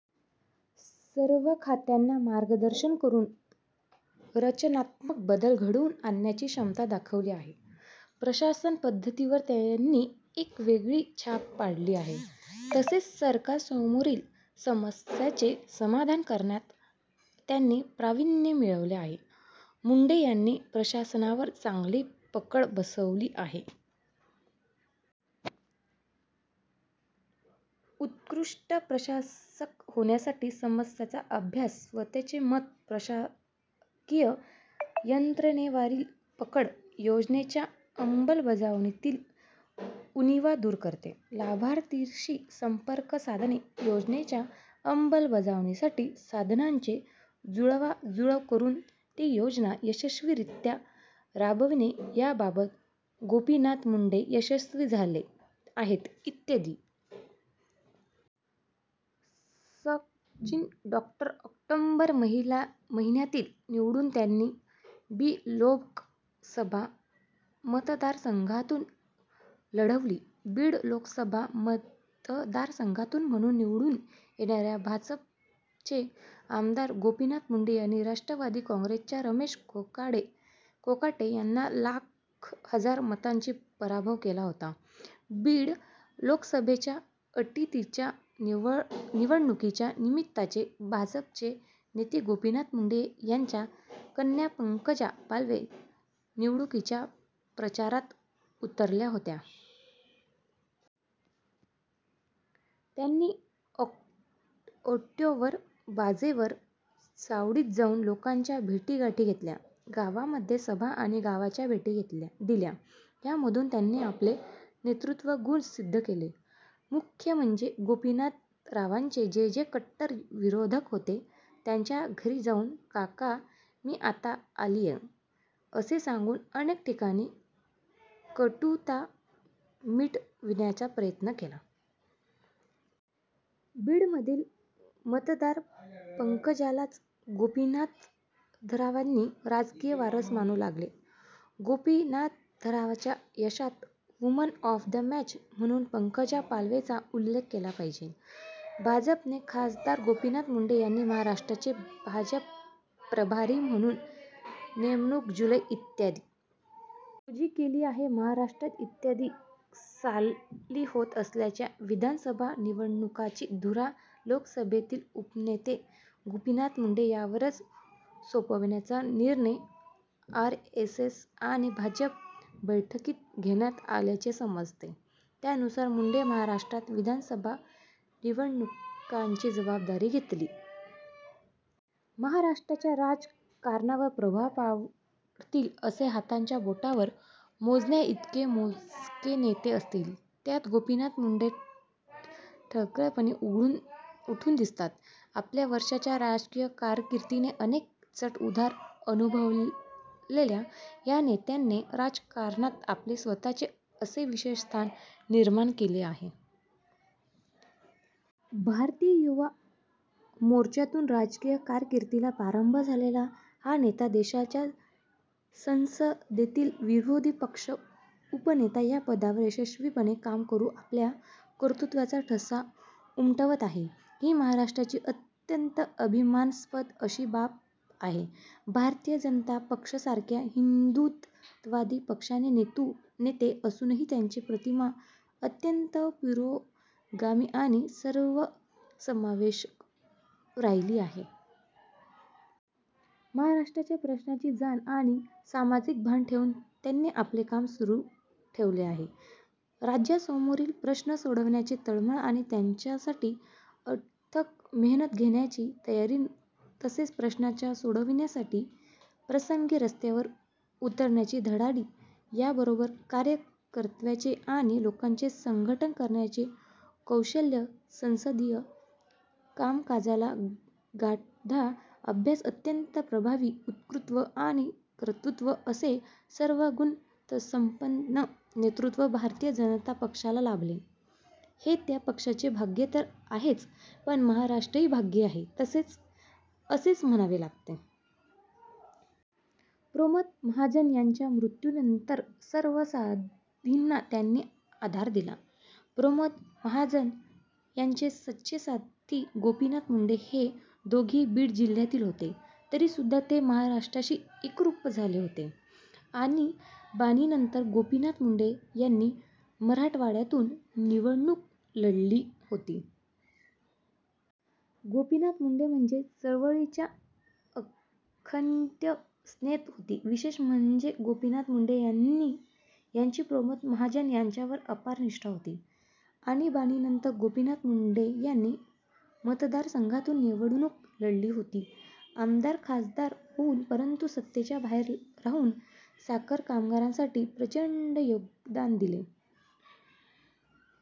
सर्व खात्यांना मार्गदर्शन करून, रचनात्मक बदल घडवून आणण्याची क्षमता दाखवली आहे. प्रशासन पद्धतीवर त्यांनी एक वेगळी छाप पाडली आहे. तसेच सरकार समोरील समस्यांचे समाधान करण्यात त्यांनी प्रावीण्य मिळवले आहे. मुंडे यांनी प्रशासनावर चांगली पकड बसवली आहे. उत्कृष्ट प्रशासक होण्यासाठी समस्यांचा अभ्यास, स्वतःचे मत, प्रशासकीय यंत्रणेवारील पकड, योजनेच्या अमलबजावणीतील उणीवा दूर करणे, लाभार्थीशी सम्पर्कसाधने, योजनेच्या अमलबजावणीसाठी साधनांची जुळवाजुळव करून ती योजना यशस्वीरित्या राबविणे याबाबत गोपीनाथ मुंडे यशस्वी झाले आहेत. इ. स. च्या ऑक्टोबर महिन्यातील निवडणूक त्यांनी बीड लोकसभा मतदारसंघातून लढवली. बीड लोकसभा मतदारसंघातून म्हणून निवडून येताना भाजपचे आमदार गोपीनाथ मुंडे यांनी राष्ट्रवादी काँग्रेसच्या रमेश कोकाटे यांना लाख हजार मतांनी पराभव केला होता. बीड लोकसभेच्या अटीतटीच्या निवडणुकीच्या निमित्ताने भाजपचे नेते गोपीनाथ मुंडे यांच्या कन्या पंकजा पालवे निवडणुकीच्या प्रचारात उतरल्या होत्या. त्यांनी ओट्यावर, बाजेवर, चावडीत जाऊन लोकांच्या भेटीगाठी घेतल्या. गावांमध्ये सभा आणि गावांना भेटी दिल्या. यामधून त्यांनी आपले नेतृत्वगुण सिद्घ केले. मुख्य म्हणजे गोपीनाथरावांचे जे जे कट्टर विरोधक होते त्यांच्या घरी जाऊन 'काका मी आता आलीय' असे सांगून अनेक ठिकाणी कटुता मिटविण्याचा प्रयत्न केला. बीडमधील मतदार पंकजालाच गोपीनाथरावांची राजकीय वारस मानू लागले. गोपीनाथरावांच्या यशात 'वुमन ऑफ द मॅच' म्हणून पंकजा पालवेचा उल्लेख केलाच पाहिजे.। भाजपने खासदार गोपीनाथ मुंडे यांची महाराष्ट्राचे भाजप प्रभारी म्हणून नेमणूक जूलै, इ. स. रोजी केली आहे. महाराष्ट्रात इ. स. साली होत असलेल्या विधानसभा निवडणुकांची धुरा लोकसभेतील उपनेते गोपीनाथ मुंडे यांच्यावरच सोपविण्याचा निर्णय आरएसएस आणि भाजप बैठकीत घेण्यात आल्याचे समजते. त्यानुसार मुंडे महाराष्ट्रात विधानसभा निवडणुकांची जबाबदारी घेतील. महाराष्ट्राच्या राजकारणावर प्रभाव पाडतील असे हाताच्या बोटावर मोजण्याइतके मोजके नेते असतील. त्यात गोपीनाथ मुंडे ठळकपणे उठून दिसतात. आपल्या वर्षाच्या राजकीय कारकिर्दीत अनेक चढउतार अनुभवलेल्या या नेत्याने राजकारणात आपले स्वतःचे असे विशेष स्थान निर्माण केले आहे. भारतीय युवा मोर्चातून राजकीय कारकिर्दीला प्रारंभ झालेला हा नेता देशाच्या संसदेतील विरोधी पक्ष उपनेता या पदावर यशस्वीपणे काम करून आपल्या कर्तृत्त्वाचा ठसा उमटवत आहे, ही महाराष्ट्रासाठी अत्यंत अभिमानास्पद अशी बाब आहे. भारतीय जनता पक्षासारख्या हिन्दुत्ववादी पक्षाचे नेते असूनही त्यांची प्रतिमा अत्यंत पुरोगामी आणि सर्वसमावेशक राहिली आहे. महाराष्ट्राच्या प्रश्नांची जाण आणि सामाजिक भान ठेवून त्यांनी आपले काम सुरू ठेवले आहे. राज्यासमोरील प्रश्न सोडवण्याची तळमळ आणि त्यासाठी अथक मेहनत घेण्याची तयारी तसेच प्रश्नांच्या सोडवणुकीसाठी प्रसंगी रस्त्यावर उतरण्याची धडाडी, याचबरोबर कार्यकत्र्यांचे आणि लोकांचे संघटन करण्याचे कौशल्य, संसदीय कामकाजाचा गाढा अभ्यास, अत्यंत प्रभावी वक्तृत्व आणि कर्तत्त्व असे सर्वगुणसम्पन्न नेतृत्व भारतीय जनता पक्षाला लाभले, हे त्या पक्षाचे भाग्य तर आहेच; पण महाराष्ट्राचेही भाग्य आहे, असेच म्हणावे लागेल. प्रमोद महाजन यांच्या मृत्यूनंतर सर्व साथींना त्यांनी आधार दिला. प्रमोद महाजन यांचे सच्चे साथी गोपीनाथ मुंडे हे दोघेही बीड जिल्ह्यातील होते तरीसुद्धा ते महाराष्ट्राशी एकरूप झाले होते. आणीबाणीनंतर गोपीनाथ मुंडे यांनी मराठवाडातून निवडणूक लढवली होती. गोपीनाथ मुंडे म्हणजे चळवळीचा अखण्ड स्नेत होता. विशेष म्हणजे गोपीनाथ मुंडे यांची प्रमोद महाजन यांच्यावर अपार निष्ठा होती. आणीबाणीनंतर गोपीनाथ मुंडे यांनी मतदारसंघातून निवडणूक लढवली होती. आमदार- खासदार होऊन परंतु सत्तेच्या बाहेर राहून साखर कामगारांसाठी प्रचण्ड योगदान दिले.